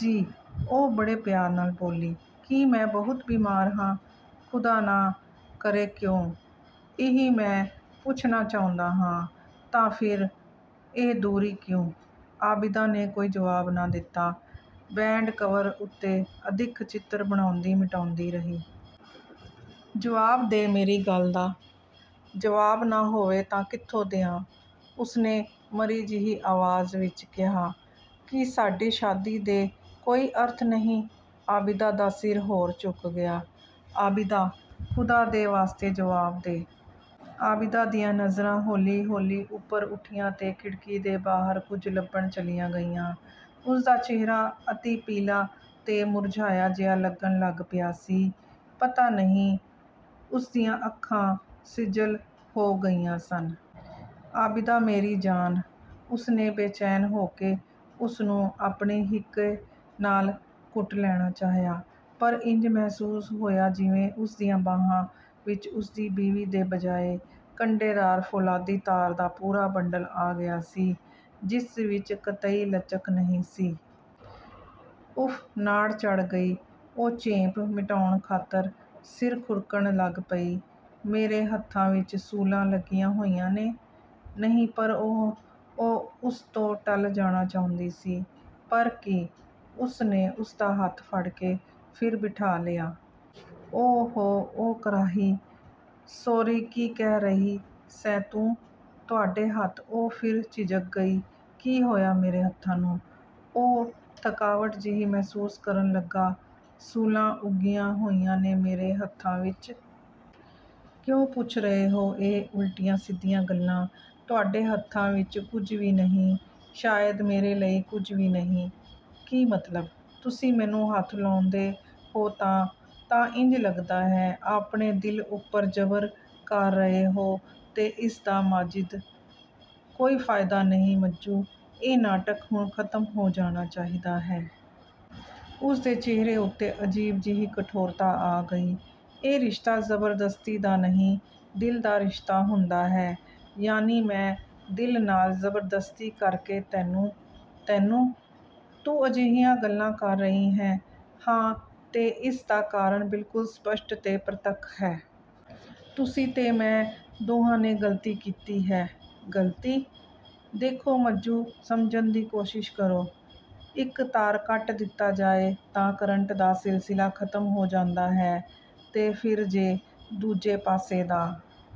"ਜੀ?" ਉਹ ਬੜੇ ਪਿਆਰ ਨਾਲ ਬੋਲੀ। "ਕੀ ਮੈਂ ਬਹੁਤ ਬੀਮਾਰ ਹਾਂ?" "ਖ਼ੁਦਾ ਨਾ ਕਰੇਕਿਉਂ?" "ਇਹੀ ਮੈਂ ਪੁੱਛਣਾ ਚਾਹੁੰਦਾ ਹਾਂ, ਤਾਂ ਫਿਰ ਇਹ ਦੂਰੀ ਕਿਉਂ?"ਆਬਿਦਾ ਨੇ ਕੋਈ ਜਵਾਬ ਨਾ ਦਿੱਤਾ, ਬੈੱਡ-ਕਵਰ ਉੱਤੇ ਅਦਿੱਖ ਚਿੱਤਰ ਬਣਾਉਂਦੀ-ਮਿਟਾਉਂਦੀ ਰਹੀ। "ਜਵਾਬ ਦੇ, ਮੇਰੀ ਗੱਲ ਦਾ?" "ਜਵਾਬ ਨਾ ਹੋਵੇ ਤਾਂ ਕਿੱਥੋਂ ਦਿਆਂ?" ਉਸਨੇ ਮਰੀ ਜਿਹੀ ਆਵਾਜ਼ ਵਿੱਚ ਕਿਹਾ। "ਕੀ ਸਾਡੀ ਸ਼ਾਦੀ ਦੇ ਕੋਈ ਅਰਥ ਨਹੀਂ?" ਆਬਿਦਾ ਦਾ ਸਿਰ ਹੋਰ ਝੁਕ ਗਿਆ। "ਆਬਿਦਾ, ਖ਼ੁਦਾ ਦੇ ਵਾਸਤੇ ਜਵਾਬ ਦੇ?" ਆਬਿਦਾ ਦੀਆਂ ਨਜ਼ਰਾਂ ਹੌਲੀ-ਹੌਲੀ ਉੱਪਰ ਉੱਠੀਆਂ ਤੇ ਖਿੜਕੀ ਦੇ ਬਾਹਰ ਕੁਝ ਲੱਭਣ ਚਲੀਆਂ ਗਈਆਂ। ਉਸਦਾ ਚਿਹਰਾ ਅਤਿ ਪੀਲਾ ਤੇ ਮੁਰਝਾਇਆ ਜਿਹਾ ਲੱਗਣ ਲੱਗ ਪਿਆ ਸੀ। "ਪਤਾ ਨਹੀਂ" ਉਸਦੀਆਂ ਅੱਖਾਂ ਸਿੱਜਲ ਹੋ ਗਈਆਂ ਸਨ। "ਆਬਿਦਾ ਮੇਰੀ ਜਾਨ!" ਉਸਨੇ ਬੇਚੈਨ ਹੋ ਕੇ ਉਸਨੂੰ ਆਪਣੀ ਹਿੱਕੇ ਨਾਲ ਘੁੱਟ ਲੈਣਾ ਚਾਹਿਆ, ਪਰ ਇੰਜ ਮਹਿਸੂਸ ਹੋਇਆ ਜਿਵੇਂ ਉਸਦੀਆਂ ਬਾਹਾਂ ਵਿੱਚ ਉਸਦੀ ਬੀਵੀ ਦੇ ਬਜਾਏ ਕੰਡੇਦਾਰ ਫ਼ੌਲਾਦੀ ਤਾਰ ਦਾ ਪੂਰਾ ਬੰਡਲ ਆ ਗਿਆ ਸੀ, ਜਿਸ ਵਿੱਚ ਕਤਈ ਲਚਕ ਨਹੀਂ ਸੀ। "ਉਫ਼ ਨਾੜ ਚੜ੍ਹ ਗਈ" ਉਹ ਝੇਂਪ ਮਿਟਾਉਣ ਖਾਤਰ, ਸਿਰ ਖੁਰਕਣ ਲੱਗ ਪਈ। "ਮੇਰੇ ਹੱਥਾਂ ਵਿੱਚ ਸੂਲਾਂ ਲੱਗੀਆਂ ਹੋਈਆਂ ਨੇ?" "ਨਹੀਂ ਪਰ ਉਹ" ਉਹ ਉਸ ਤੋਂ ਟਲ ਜਾਣਾ ਚਾਹੁੰਦੀ ਸੀ। "ਪਰ ਕੀ?" ਉਸਨੇ ਉਸਦਾ ਹੱਥ ਫੜ੍ਹ ਕੇ ਫਿਰ ਬਿਠਾ ਲਿਆ। "ਓ-ਹੋ" ਉਹ ਕਰਾਹੀ। "ਸੌਰੀ ਕੀ ਕਹਿ ਰਹੀ ਸੈਂ ਤੂੰ?" "ਤੁਹਾਡੇ ਹੱਥ" ਉਹ ਫਿਰ ਝਿਜਕ ਗਈ। "ਕੀ ਹੋਇਆ ਮੇਰੇ ਹੱਥਾਂ ਨੂੰ?" ਉਹ ਥਕਾਵਟ ਜਿਹੀ ਮਹਿਸੂਸ ਕਰਨ ਲੱਗਾ, "ਸੂਲਾਂ ਉੱਗੀਆਂ ਹੋਈਆਂ ਨੇ ਮੇਰੇ ਹੱਥਾਂ ਵਿੱਚ?" "ਕਿਉਂ ਪੁੱਛ ਰਹੇ ਹੋ ਇਹ ਉਲਟੀਆਂ-ਸਿੱਧੀਆਂ ਗੱਲਾਂ, ਤੁਹਾਡੇ ਹੱਥਾਂ ਵਿੱਚ ਕੁਝ ਵੀ ਨਹੀਂ। ਸ਼ਾਇਦ ਮੇਰੇ ਲਈ ਕੁਝ ਵੀ ਨਹੀਂ।" "ਕੀ ਮਤਲਬ?" "ਤੁਸੀਂ ਮੈਨੂੰ ਹੱਥ ਲਾਉਂਦੇ ਹੋ ਤਾਂ, ਤਾਂ ਇੰਜ ਲੱਗਦਾ ਹੈ, ਆਪਣੇ ਦਿਲ ਉੱਪਰ ਜ਼ਬਰ ਕਰ ਰਹੇ ਹੋ ਤੇ ਇਸ ਦਾ ਮਾਜਿਦ, ਕੋਈ ਫਾਇਦਾ ਨਹੀਂ ਮੱਜੂ, ਇਹ ਨਾਟਕ ਹੁਣ ਖਤਮ ਹੋ ਜਾਣਾ ਚਾਹੀਦਾ ਹੈ।" ਉਸਦੇ ਚਿਹਰੇ ਉੱਤੇ ਅਜੀਬ ਜਿਹੀ ਕਠੋਰਤਾ ਆ ਗਈ, "ਇਹ ਰਿਸ਼ਤਾ ਜ਼ਬਰਦਸਤੀ ਦਾ ਨਹੀਂ, ਦਿਲ ਦਾ ਰਿਸ਼ਤਾ ਹੁੰਦਾ ਹੈ।" "ਯਾਨੀ ਮੈਂ ਦਿਲ ਨਾਲ ਜ਼ਬਰਦਸਤੀ ਕਰਕੇ ਤੈਨੂੰ! ਤੈਨੂੰ? ਤੂੰ ਅਜਿਹੀਆਂ ਗੱਲਾਂ ਕਰ ਰਹੀ ਹੈਂ।" "ਹਾਂ ਤੇ ਇਸ ਦਾ ਕਾਰਨ ਬਿਲਕੁਲ ਸਪਸ਼ਟ ਤੇ ਪ੍ਰਤੱਖ ਹੈ। ਤੁਸੀਂ ਤੇ ਮੈਂ ਦੋਹਾਂ ਨੇ ਗ਼ਲਤੀ ਕੀਤੀ ਹੈ।" "ਗ਼ਲਤੀ?" "ਦੇਖੋ ਮੱਜੂ, ਸਮਝਣ ਦੀ ਕੋਸ਼ਿਸ਼ ਕਰੋ, ਇੱਕ ਤਾਰ ਕੱਟ ਦਿੱਤਾ ਜਾਏ ਤਾਂ ਕਰੰਟ ਦਾ ਸਿਲਸਿਲਾ ਖ਼ਤਮ ਹੋ ਜਾਂਦਾ ਹੈ, ਤੇ ਫਿਰ ਜੇ, ਦੂਜੇ ਪਾਸੇ ਦਾ"